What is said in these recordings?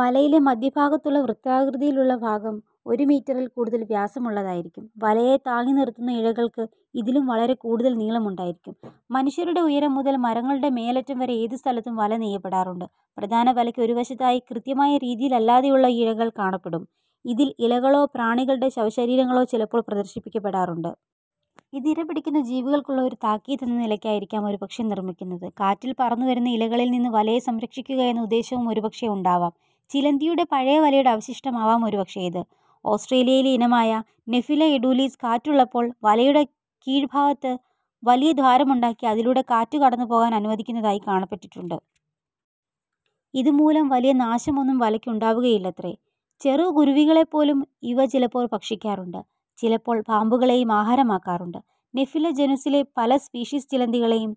വലയിലെ മദ്ധ്യഭാഗത്തുള്ള വൃത്താകൃതിയിലുള്ള ഭാഗം ഒരു മീറ്ററിൽ കൂടുതൽ വ്യാസമുള്ളതായിരിക്കും. വലയെ താങ്ങി നിർത്തുന്ന ഇഴകൾക്ക് ഇതിലും വളരെക്കൂടുതൽ നീളമുണ്ടായിരിക്കും. മനുഷ്യരുടെ ഉയരം മുതൽ മരങ്ങളുടെ മേലറ്റം വരെ ഏതുസ്ഥലത്തും വല നെയ്യപ്പെടാറുണ്ട്. പ്രധാന വലയ്ക്ക് ഒരു വശത്തായി കൃത്യമായ രീതിയിലല്ലാതെയുള്ള ഇഴകൾ കാണപ്പെടും. ഇതിൽ ഇലകളോ പ്രാണികളുടെ ശവശരീരങ്ങളോ ചിലപ്പോൾ പ്രദർശിപ്പിക്കപ്പെടാറുണ്ട്. ഇത് ഇരപിടിക്കുന്ന ജീവികൾക്കുള്ള ഒരു താക്കീത് എന്ന നിലയ്ക്കായിരിക്കാം ഒരുപക്ഷേ നിർമ്മിക്കുന്നത്. കാറ്റിൽ പറന്നുവരുന്ന ഇലകളിൽ നിന്ന് വലയെ സംരക്ഷിക്കുക എന്ന ഉദ്ദേശവും ഒരുപക്ഷേ ഉണ്ടാവാം. ചിലന്തിയുടെ പഴയ വലയുടെ അവശിഷ്ടമാവാം ഒരുപക്ഷേ ഇത്. ഓസ്ട്രേലിയയിലെ ഇനമായ നെഫില എഡൂലിസ് കാറ്റുള്ളപ്പോൾ വലയുടെ കീഴ് ഭാഗത്ത് വലിയ ദ്വാരമുണ്ടാക്കി അതിലൂടെ കാറ്റു കടന്നുപോകാനനുവദിക്കുന്നതായി കാണപ്പെട്ടിട്ടുണ്ട്. ഇതുമൂലം വലിയ നാശമൊന്നും വലയ്ക്കുണ്ടാവുകയില്ലത്രേ. ചെറു കുരുവികളെപ്പോലും ഇവ ചിലപ്പോൾ ഭക്ഷിക്കാറുണ്ട്. ചിലപ്പോൾ പാമ്പുകളെയും ആഹാരമാക്കാറുണ്ട്. നെഫില ജനുസിലെ പല സ്പീഷീസ് ചിലന്തികളെയും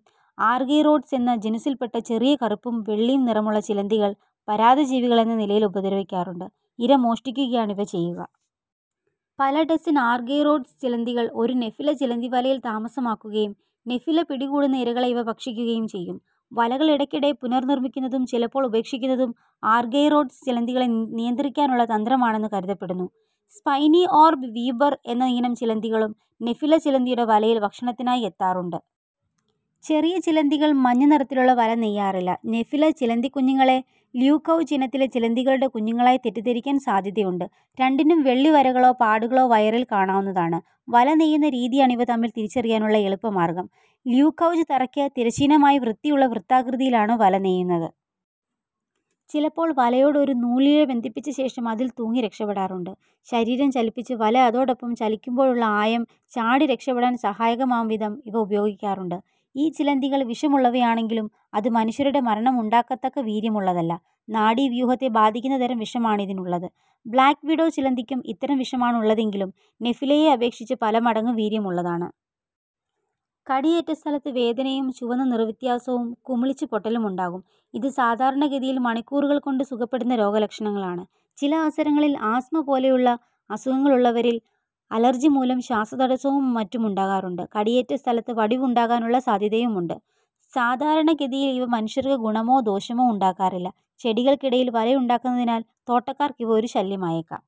ആർഗൈറോഡ്സ് എന്ന ജനുസ്സിൽ പെട്ട ചെറിയ കറുപ്പും വെള്ളിയും നിറമുള്ള ചിലന്തികൾ പരാദജീവികൾ എന്ന നിലയിൽ ഉപദ്രവിക്കാറുണ്ട്. ഇര മോഷ്ടിക്കുകയാണ് ഇവ ചെയ്യുക. പല ഡസൻ ആർഗൈറോഡ്സ് ചിലന്തികൾ ഒരു നെഫില ചിലന്തിവലയിൽ താമസമാക്കുകയും നെഫില പിടികൂടുന്ന ഇരകളെ ഇവ ഭക്ഷിക്കുകയും ചെയ്യും. വലകൾ ഇടയ്ക്കിടെ പുനർനിർമ്മിക്കുന്നതും ചിലപ്പോൾ ഉപേക്ഷിക്കുന്നതും ആർഗൈറോഡ്സ് ചിലന്തികളെ നിയന്ത്രിക്കാനുള്ള തന്ത്രമാണെന്ന് കരുതപ്പെടുന്നു. സ്പൈനി ഓർബ് വീവർ എന്നയിനം ചിലന്തികളും നെഫില ചിലന്തിയുടെ വലയിൽ ഭക്ഷണത്തിനായി എത്താറുണ്ട്. ചെറിയ ചിലന്തികൾ മഞ്ഞ നിറത്തിലുള്ള വല നെയ്യാറില്ല. നെഫില ചിലന്തിക്കുഞ്ഞുങ്ങളെ ല്യൂകൗജ് ഇനത്തിലെ ചിലന്തികളുടെ കുഞ്ഞുങ്ങളായി തെറ്റിദ്ധരിക്കാൻ സാദ്ധ്യതയുണ്ട്. രണ്ടിനും വെള്ളി വരകളോ പാടുകളോ വയറിൽ കാണാവുന്നതാണ്. വല നെയ്യുന്ന രീതിയാണ് ഇവ തമ്മിൽ തിരിച്ചറിയാനുള്ള എളുപ്പ മാർഗ്ഗം. ല്യൂകൗജ് തറയ്ക്ക് തിരശ്ചീനമായി വൃത്തിയുള്ള വൃത്താകൃതിയിലാണ് വല നെയ്യുന്നത്. ചിലപ്പോൾ വലയോട് ഒരു നൂലിഴ ബന്ധിപ്പിച്ച ശേഷം അതിൽ തൂങ്ങി രക്ഷപ്പെടാറുണ്ട്. ശരീരം ചലിപ്പിച്ച് വല അതോടൊപ്പം ചലിക്കുമ്പോഴുള്ള ആയം ചാടി രക്ഷപ്പെടാൻ സഹായകമാം വിധം ഇവ ഉപയോഗിക്കാറുണ്ട്. ഈ ചിലന്തികൾ വിഷമുള്ളവയാണെങ്കിലും അത് മനുഷ്യരുടെ മരണമുണ്ടാക്കത്തക്ക വീര്യമുള്ളതല്ല. നാടീവ്യൂഹത്തെ ബാധിക്കുന്ന തരം വിഷമാണിതിനുള്ളത്. ബ്ലാക്ക് വിഡോ ചിലന്തിക്കും ഇത്തരം വിഷമാണുള്ളതെങ്കിലും നെഫിലയെ അപേക്ഷിച്ച് പല മടങ്ങ് വീര്യമുള്ളതാണ്. കടിയേറ്റ സ്ഥലത്ത് വേദനയും ചുവന്ന നിറവ്യത്യാസവും കുമിളിച്ച് പൊട്ടലും ഉണ്ടാകും. ഇത് സാധാരണഗതിയിൽ മണിക്കൂറുകൾ കൊണ്ട് സുഖപ്പെടുന്ന രോഗലക്ഷണങ്ങളാണ്. ചില അവസരങ്ങളിൽ ആസ്തമ പോലെയുള്ള അസുഖങ്ങളുള്ളവരിൽ അലർജി മൂലം ശ്വാസതടസ്സവും മറ്റുമുണ്ടാകാറുണ്ട്. കടിയേറ്റസ്ഥലത്ത് വടുവുണ്ടാകാനുള്ള സാദ്ധ്യതയുമുണ്ട്. സാധാരണഗതിയിൽ ഇവ മനുഷ്യർക്ക് ഗുണമോ ദോഷമോ ഉണ്ടാക്കാറില്ല. ചെടികൾക്കിടയിൽ വലയുണ്ടാക്കുന്നതിനാൽ തോട്ടക്കാർക്ക് ഇവ ഒരു ശല്യമായേക്കാം.